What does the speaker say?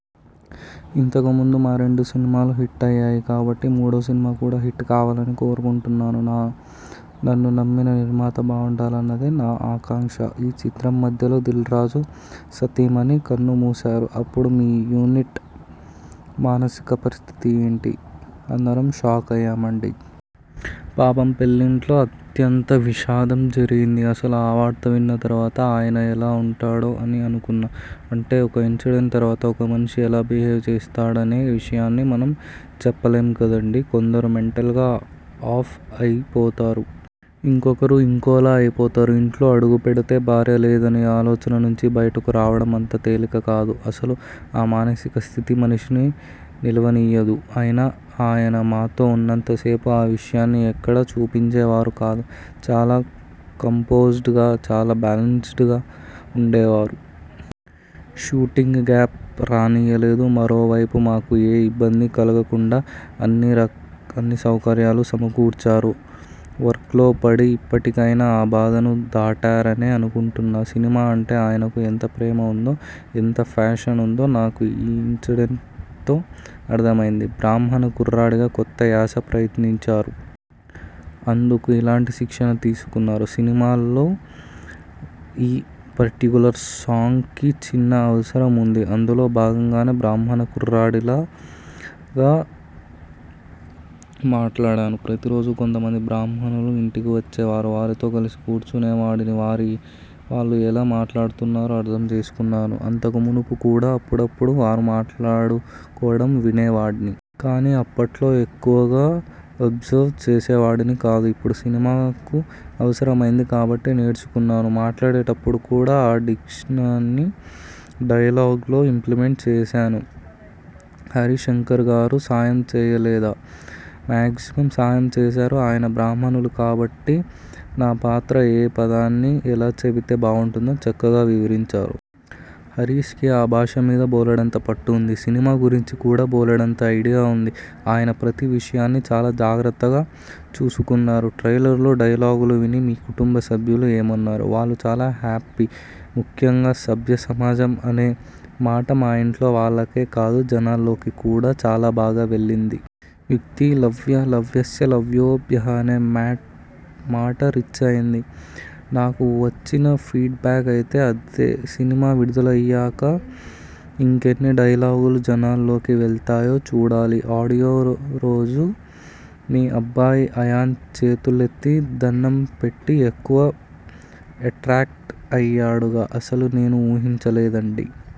ఇంతకు ముందు మా రెండు సినిమాలు హిట్ అయ్యాయి కాబట్టి మూడో సినిమా కూడా హిట్ కావాలని కోరుకుంటున్నాను. నన్ను నమ్మిన నిర్మాత బావుండాలన్నదే నా ఆకాంక్ష. ఈ చిత్రం మధ్యలో దిల్రాజు సతీమణి కన్నుమూశారు అప్పుడు మీ యూనిట్ మానసిక పరిస్థితి ఏంటి? అందరం షాక్ అయ్యామండీ. పాపం వాళ్లింట్లో అత్యంత విషాదం జరిగింది. అసలు ఆ వార్త విన్న తర్వాత, ఆయన ఎలా ఉంటాడో అని అనుకున్నా అంటే ఒక ఇన్సిడెంట్ తర్వాత ఒక మనిషి ఎలా బిహేవ్ చేస్తాడనే విషయాన్ని మనం చెప్పలేం కదండీ! కొందరు మెంటల్గా ఆఫ్ అయి పోతారు. ఇంకొకరు ఇంకోలా అయిపోతారు. ఇంట్లో అడుగుపెడితే భార్య లేదనే ఆలోచన నుంచి బయటకు రావడం అంత తేలికకాదు. అసలు ఆ మానసిక స్థితి మనిషిని నిలవనీయదు. అయినా ఆయన మాతో ఉన్నంత సేపూ ఆ విషయాన్ని ఎక్కడా చూపించేవారు కాదు. చాలా కంపోజ్డ్గా, చాలా బ్యాలెన్స్డ్గా ఉండేవారు. షూటింగ్కి గ్యాప్ రానీయలేదు. మరో వైపు మాకు ఏ ఇబ్బంది కలగకుండా అన్నీ సౌకర్యాలూ సమకూర్చారు. వర్క్లో పడి, ఇప్పటికైనా ఆ బాధను దాటారనే అనుకుంటున్నా. సినిమా అంటే ఆయనకు ఎంత ప్రేమ ఉందో, ఎంత ప్యాషన్ ఉందో నాకు ఈ ఇన్సిడెంట్తో అర్థమైంది. బ్రాహ్మణ కుర్రాడిగా కొత్త యాస ప్రయత్నించారు. అందుకు ఎలాంటి శిక్షణ తీసుకున్నారు? సినిమాలో ఈ పర్టిక్యులర్ స్లాంగ్కి చిన్న అవసరం ఉంది. అందులో భాగంగానే బ్రాహ్మణ కుర్రాడిలాగా మాట్లాడాను. ప్రతిరోజూ కొంతమంది బ్రాహ్మణులు ఇంటికి వచ్చేవారు. వారితో కలిసి కూర్చునేవాడిని. వాళ్లు ఎలా మాట్లాడుతున్నారో అర్థం చేసుకున్నాను. అంతకుమునుపు కూడా అప్పుడప్పుడూ వారు మాట్లాడుకోవడం వినేవాడిని. కానీ అప్పట్లో ఎక్కువగా అబ్జర్వ్ చేసేవాడిని కాదు. ఇప్పుడు సినిమాకు అవసరమైంది కాబట్టి నేర్చుకున్నా. మాట్లాడేటప్పుడు కూడా ఆ డిక్షన్ని డైలాగ్లో ఇంప్లిమెంట్ చేశాను. హరీశ్శంకర్గారు సాయం చేయలేదా? మేగ్జిమమ్ సాయం చేశారు. ఆయన బ్రాహ్మణులు కాబట్టి నా పాత్ర ఏ పదాన్ని ఎలా చెబితే బావుంటుందో చక్కగా వివరించేవారు. హరీశ్కి ఆ భాష మీద బోలెడంత పట్టు ఉంది. సినిమా గురించి కూడా బోలెడంత ఐడియా ఉంది. ఆయన ప్రతి విషయాన్నీ చాలా జాగ్రత్తగా చూసుకున్నారు. ట్రైలర్లో డైలాగులు విని మీ కుటుంబసభ్యులు ఏమన్నారు? వాళ్లు చాలా హ్యాపీ. ముఖ్యంగా 'సభ్య సమాజం' అనే మాట మా ఇంట్లో వాళ్లకే కాదు జనాల్లోకి కూడా చాలా బాగా వెళ్లింది. యూత్కి 'లవ్వః లవ్యస్య లవ్యభ్యో' అనే మాట రీచ్ అయింది. నాకు వచ్చిన ఫీడ్ బ్యాక్ అయితే అదే. సినిమా విడుదలయ్యాక ఇంకెన్ని డైలాగులు జనాల్లోకి వెళ్తాయో చూడాలి. ఆడియో రోజు మీ అబ్బాయి అయాన్ చేతులెత్తి దణ్ణం పెట్టి ఎక్కువ ఎట్రాక్ట్ అయ్యాడుగా! అస్సలు నేను ఊహించలేదండీ.